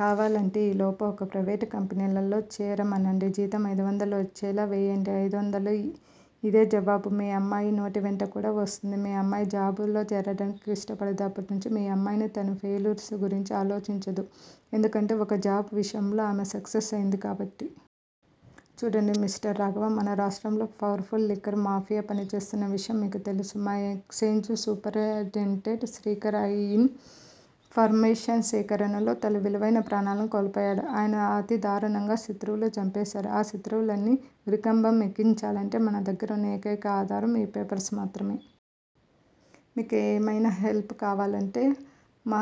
కావాలంటే ఈలోపు ఒక ప్రైవేట్ కంపెనీలో చేరమనండి- జీతం ఐదొందలు వచ్చేలా చేయండి. ఐదొందలు? ఇదే జవాబు మీ అమ్మాయి నోటివెంట కూడా వస్తుంది. మీ అమ్మాయి జాబ్ లో చేరడానికిష్ట పడదు. అప్పట్నించి మీ అమ్మాయి తన ఫెయిల్యూర్స్ గురించి ఆలోచించదు. ఎందుకంటే ఒక జాబ్ విషయంలో ఆమె సక్సెస్ అయింది కాబట్టి. చూడండి మిస్టర్ రాఘవ మన రాష్ట్రంలో పవర్ ఫుల్ లిక్కర్ మాఫియా పనిచేస్తున్న విషయం మీకు తెలుసు మా ఎక్సయిజ్ సూపరింటెండెంట్ శ్రీకర్ ఈ ఇన్ ఫర్మేషన్ సేకరణలోనే తన విలువైన ప్రాణాల్ని కోల్పోయాడు. ఆయన్ని అతి దారుణంగా శత్రువులు చంపేసారు. ఆ శత్రువుల్ని ఉరికంబం ఎక్కించాలంటే మన దగ్గరున్న ఏకైక ఆధారం ఈ పేపర్స్ మాత్రమే. మీకేమైనా హెల్ప్ కావాలంటే మా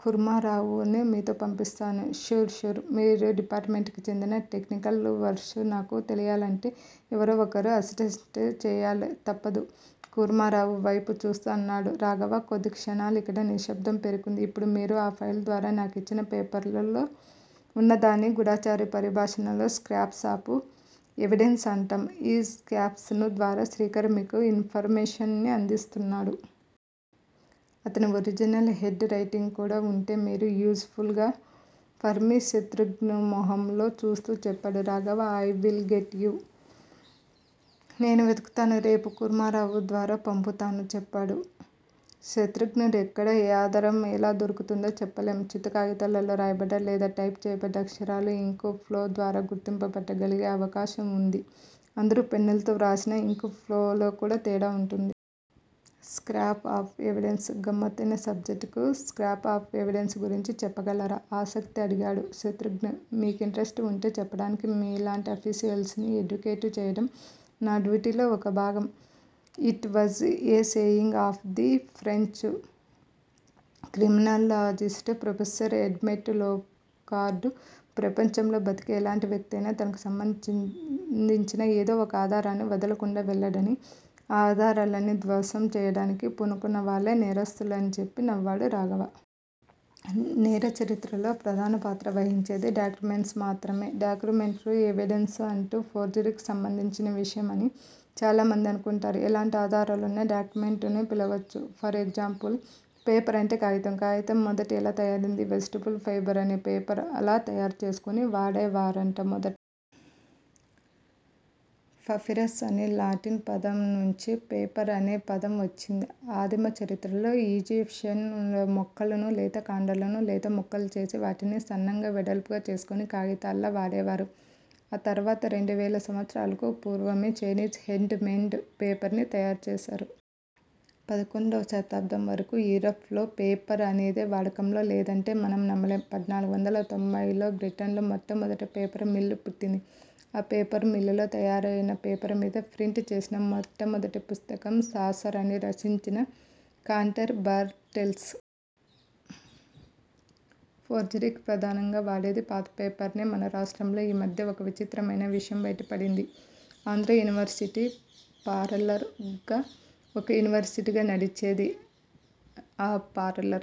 కూర్మారావ్ ను మీతో పంపిస్తాను. ష్యూర్ ష్యూర్ మీ డిపార్టుమెంట్ కి చెందిన టెక్నికల్ వర్ద్సు నాకు తెలియాలంటే ఎవరో ఒకరు అసిస్ట్ చెయ్యాలి తప్పదు కూర్మారావు వైపు చూస్తూ అన్నాడు రాఘవ. కొద్ది క్షణాలక్కడ నిశ్శబ్దం పేరుకుంది. ఇప్పుడు మీరు ఈ ఫైల్ ద్వారా నాకిచ్చిన పేపర్స్ లో ఉన్న దాన్ని గూఢచారి పరిభాషలో స్కాప్స్ ఆఫ్ ఎవిడెన్స్ అంటాం- ఈ స్కాప్స్ ద్వారా శ్రీకర్ మీకు ఇన్ ఫర్ మేషన్ ని అందిస్తున్నాడు. అతని ఒరిజినల్ హేండ్ రైటింగు కూడా ఉంటే, more useful for me Shatrughna మొఖంలోకి చూస్తూ చెప్పాడు Raghava. I will get it నేను వెతుకుతాను. రేపు కూర్మారావు ద్వారా పంపుతాను చెప్పాడు శతృఘ్న. ఎక్కడ ఏ ఆధారం ఎలా దొరుకుతుందో చెప్పలేం చిత్తు కాగితాల్లో రాయబడ్డ, లేదా టైప్ చేయబడ్డ అక్షరాల్ని ఇంకు ఫ్లో ద్వారా గుర్తుపట్టగలిగే అవకాశం ఉంది అందరూ పెన్నుల్తో వ్రాసినా ఇంక్ ఫ్లోలో తేడా ఉంటుంది. స్క్రాప్ ఆఫ్ ఎవిడెన్స్ గమ్మత్తయిన సబ్జెక్టు స్క్రాప్స్ ఆఫ్ ఎవిడెన్స్ గురించి చెప్పగలరా? ఆసక్తిగా అడిగాడు శతృఘ్న. మీకింట్రెస్టు ఉంటే చెప్పడానికేం మీలాంటి అఫీషియల్స్ ని ఎడ్యుకేట్ చెయ్యడం నా డ్యూటీలో ఒక భాగం it was a saying of the French criminologist professor Edmond Locard ప్రపంచంలో బతికే ఎలాంటి వ్యక్తయినా తనకు సంబంధించిన ఏదో ఒక ఆధారాన్ని వదలకుండా వెళ్ళడని ఆ ఆధారాల్ని ధ్వంసం చెయ్యడానికి, పూనుకున్నవాళ్ళే నేరస్తులు చెప్పి నవ్వాడు రాఘవ. నేర చరిత్రలో ప్రధానపాత్ర వహించేవి డాక్యుమెంట్స్ మాత్రమే. డాక్యుమెంటరీ ఎవిడెన్స్ అంటే ఫోర్జరీకి సంబంధించిన విషయమని, చాలామంది అనుకుంటారు. ఎలాంటి ఆధారాన్నయినా డాక్యుమెంట్ అని పిలవొచ్చు. ఫర్ ఎగ్జాంపుల్ పేపర్ అంటే కాగితం- కాగితం మొదట ఎలా తయారయింది? వెజిటబుల్ ఫైబర్ ని పేపర్ లా తయారు చేసుకుని వాడేవారు మొదట. పాపిరస్ అనే లాటిన్ పదం నుంచి పేపర్ అనే పదం వచ్చింది. ఆదిమ చరిత్రలో ఈజిప్షియన్ లు మొక్కల లేత కాండాల్ని లేత ముక్కలుగా చేసి, వాటిని సన్నంగా, వెడల్పుగా చేసుకుని కాగితాల్లా వాడేవారు. ఆ తర్వాత రెండువేల సంవత్సరాలకు పూర్వమే చైనీస్ హేండ్ మేడ్ పేపరుని తయారుచేసారు. పదకొండో శతాబ్దం వరకూ యూరప్ లో పేపర్ అనేది వాడకంలో లేదంటే మనం నమ్మలేం- పద్నాలుగు వందల తొంబై లో బ్రిటన్లో మొట్టమొదట పేపర్ మిల్లు పుట్టింది. ఆ పేపర్ మిల్లులో తయారయిన పేపర్ మీద ప్రింట్ చేసిన మొట్టమొదటి పుస్తకం సాసర్ రచించిన కాంటెర్ బారీ టేల్స్. ఫోర్జరీకి ప్రధానంగా వాడేది పాత పేపర్ నే మన రాష్ట్రంలో ఆ మధ్య ఒక విచిత్రమయిన విషయం బయటపడింది. ఆంధ్రా యూనివర్శిటీకి పారలర్ గా ఒక యూనివర్శిటీ నడిచేదని ఆ పారలర్